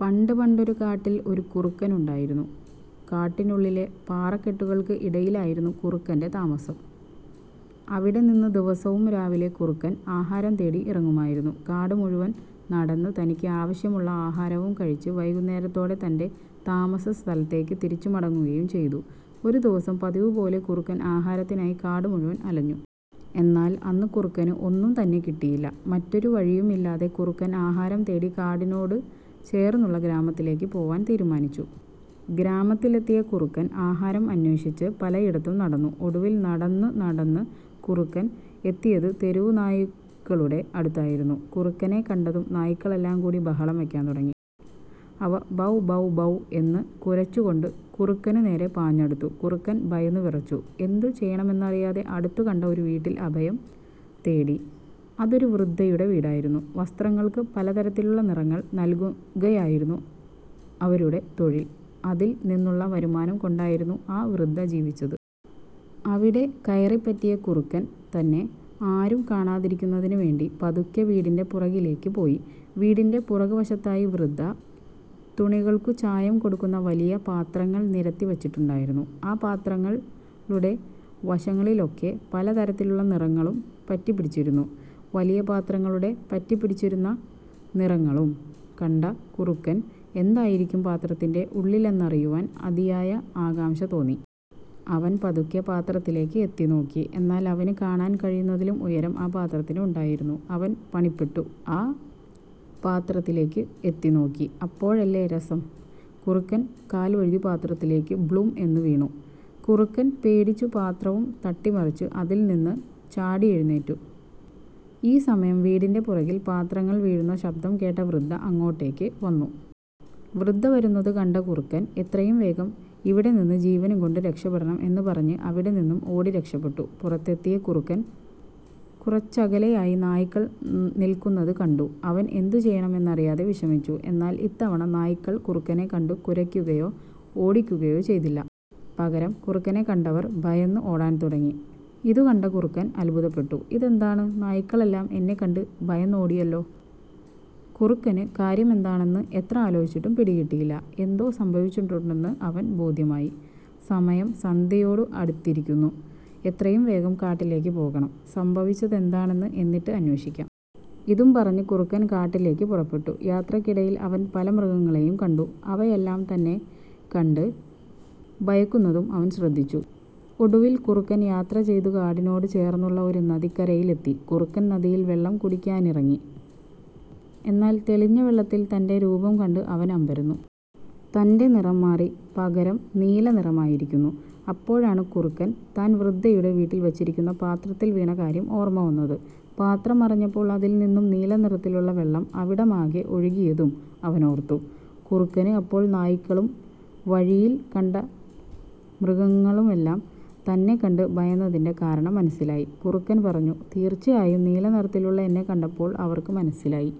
പണ്ട് പണ്ടൊരു കാട്ടിൽ ഒരു കുറുക്കൻ ഉണ്ടായിരുന്നു. കാട്ടിനുള്ളിലെ പാറക്കെട്ടുകൾക്ക് ഇടയിലായിരുന്നു കുറുക്കന്റെ താമസം. അവിടെനിന്ന് ദിവസവും രാവിലെ കുറുക്കൻ ആഹാരം തേടി ഇറങ്ങുമായിരുന്നു. കാടു മുഴുവൻ നടന്ന് തനിക്ക് ആവശ്യമുള്ള ആഹാരവും കഴിച്ച് വൈകുന്നേരത്തോടെ തന്റെ താമസസ്ഥലത്തേക്ക് തിരിച്ചു മടങ്ങുകയും ചെയ്തു. ഒരു ദിവസം പതിവുപോലെ കുറുക്കൻ ആഹാരത്തിനായി കാടു മുഴുവൻ അലഞ്ഞു. എന്നാൽ അന്ന് കുറുക്കന് ഒന്നും തന്നെ കിട്ടിയില്ല. മറ്റൊരു വഴിയുമില്ലാതെ കുറുക്കൻ ആഹാരം തേടി കാടിനോട് ചേർന്നുള്ള ഗ്രാമത്തിലേക്ക് പോകാൻ തീരുമാനിച്ചു. ഗ്രാമത്തിലെത്തിയ കുറക്കൻ ആഹാരം അന്വേഷിച്ച് പലയിടത്തും നടന്നു. ഒടുവിൽ നടന്നു നടന്ന് കുറുക്കൻ എത്തിയത് തെരുവു നായ്ക്കളുടെ അടുത്തായിരുന്നു. കുറുക്കനെ കണ്ടതും നായ്ക്കളെല്ലാം കൂടി ബഹളം വയ്ക്കാൻ തുടങ്ങി. അവ ബൗ ബൗ ബൗ എന്നു കുരച്ചു കൊണ്ട് കുറുക്കനു നേരെ പാഞ്ഞടുത്തു. കുറുക്കൻ ഭയന്നുവിറച്ചു. എന്തു ചെയ്യണമെന്നറിയാതെ അടുത്തു കണ്ട ഒരു വീട്ടിൽ അഭയം തേടി. അതൊരു വൃദ്ധയുടെ വീടായിരുന്നു. വസ്ത്രങ്ങൾക്ക് പലതരത്തിലുള്ള നിറങ്ങൾ നൽകുകയായിരുന്നു അവരുടെ തൊഴിൽ. അതിൽ നിന്നുള്ള വരുമാനം കൊണ്ടായിരുന്നു ആ വൃദ്ധ ജീവിച്ചത്. അവിടെ കയറിപ്പറ്റിയ കുറുക്കൻ തന്നെ ആരും കാണാതിരിക്കുന്നതിന് വേണ്ടി പതുക്കെ വീടിന്റെ പുറകിലേക്ക് പോയി. വീടിന്റെ പുറകുവശത്തായി വൃദ്ധ തുണികൾക്കു ചായം കൊടുക്കുന്ന വലിയ പാത്രങ്ങൾ നിരത്തി വച്ചിട്ടുണ്ടായിരുന്നു. ആ പാത്രങ്ങളുടെ വശങ്ങളിലൊക്കെ പല തരത്തിലുള്ള നിറങ്ങളും പറ്റിപിടിച്ചിരുന്നു. വലിയപാത്രങ്ങളും പറ്റിപിടിച്ചിരിക്കുന്ന നിറങ്ങളും കണ്ട കുറുക്കന് എന്തായിരിക്കും പാത്രത്തിന്റെ ഉള്ളിലെന്നറിയുവാൻ അതിയായ ആകാംഷ തോന്നി. അവൻ പതുക്കെ പാത്രത്തിലേക്ക് എത്തിനോക്കി. എന്നാൽ അവനു കാണാൻ കഴിയുന്നതിലും ഉയരം ആ പത്രത്തിന് ഉണ്ടായിരുന്നു. അവൻ പണിപ്പെട്ടു ആ പാത്രത്തിലേക്ക് എത്തിനോക്കി. അപ്പോഴല്ലേ രസം കുറുക്കൻ കാൽവഴുതി പാത്രത്തിലേക്ക് ബ്ലും എന്നു വീണു. കുറുക്കൻ പേടിച്ചു പാത്രവും തട്ടിമറിച്ചു അതിൽ നിന്നും ചാടിയെഴുന്നേറ്റു. ഈ സമയം വീടിന്റെ പുറകിൽ പാത്രങ്ങൾ വീഴുന്ന ശബ്ദം കേട്ട വൃദ്ധ അങ്ങോട്ടേക്ക് വന്നു. വൃദ്ധ വരുന്നത് കണ്ട കുറുക്കൻ "എത്രയും വേഗം ഇവിടെ നിന്ന് ജീവനും കൊണ്ട് രക്ഷപ്പെടണം. " എന്നും പറഞ്ഞ് അവിടെ നിന്നും ഓടി രക്ഷപ്പെട്ടു. പുറത്തെത്തിയ കുറുക്കൻ കുറച്ചകലെയായി നായ്ക്കൾ നിൽകുന്നത് കണ്ടു. അവൻ എന്തു ചെയ്യണം എന്നറിയാതെ വിഷമിച്ചു. എന്നാൽ ഇത്തവണ നായ്ക്കൾ കുറുക്കനെ കണ്ടു കുരയ്ക്കുകയോ ഓടിക്കുകയോ ചെയ്തില്ല. പകരം കുറുക്കനെ കണ്ടവർ ഭയന്ന് ഓടാൻ തുടങ്ങി. ഇതുകണ്ട കുറുക്കൻ അത്ഭുതപ്പെട്ടു. "ഇതെന്താണ് നായ്ക്കളെല്ലാം എന്നെ കണ്ട് ഭയന്നോടിയല്ലോ? " കുറുക്കന് കാര്യമെന്താണെന്ന് എത്ര ആലോചിച്ചിട്ടും പിടികിട്ടിയില്ല. എന്തോ സംഭവിച്ചിട്ടുണ്ടെന്ന് അവന് ബോധ്യമായി. "സമയം സന്ധ്യയോട് അടുത്തിരിക്കുന്നു. എത്രയും വേഗം കാട്ടിലേക്ക് പോകണം. സംഭവിച്ചതെന്താണെന്ന് എന്നിട്ട് അന്വേഷിക്കാം. " ഇതും പറഞ്ഞ് കുറുക്കൻ കാട്ടിലേക്ക് പുറപ്പെട്ടു. യാത്രക്കിടയിൽ അവൻ പല മൃഗങ്ങളെയും കണ്ടു. അവയെല്ലാം തന്നെ കണ്ട് ഭയക്കുന്നതും അവൻ ശ്രദ്ധിച്ചു. ഒടുവിൽ കുറുക്കൻ യാത്ര ചെയ്തു കാടിനോട് ചേർന്നുള്ള ഒരു നദിക്കരയിൽ എത്തി. കുറുക്കൻ നദിയിൽ വെള്ളം കുടിക്കാനായിറങ്ങി. എന്നാൽ തെളിഞ്ഞ വെള്ളത്തിൽ തന്റെ രൂപം കണ്ടു അവൻ അമ്പരന്നു. തന്റെ നിറം മാറി പകരം നീല നിറമായിരിക്കുന്നു. അപ്പോഴാണ് കുറുക്കന് താൻ വൃദ്ധയുടെ വീട്ടിൽ വച്ചിരുന്ന പാത്രത്തിൽ വീണ കാര്യം ഓർമ വന്നത്. പാത്രം മറിഞ്ഞപ്പോൾ അതിൽ നിന്നും നീലനിറത്തിലുള്ള വെള്ളം അവിടമാകെ ഒഴുകിയതും അവൻ ഓർത്തു. കുറുക്കന് അപ്പോൾ നായ്ക്കളും വഴിയിൽ വച്ചു കണ്ട മൃഗങ്ങളുമെല്ലാം തന്നെ കണ്ട് ഭയന്നതിന്റെ കാരണം മനസ്സിലായി. കുറുക്കൻ പറഞ്ഞു "തീർച്ചയായും നീലനിറത്തിലുള്ള എന്നെ കണ്ടപ്പോൾ അവർക്ക് മനസ്സിലായി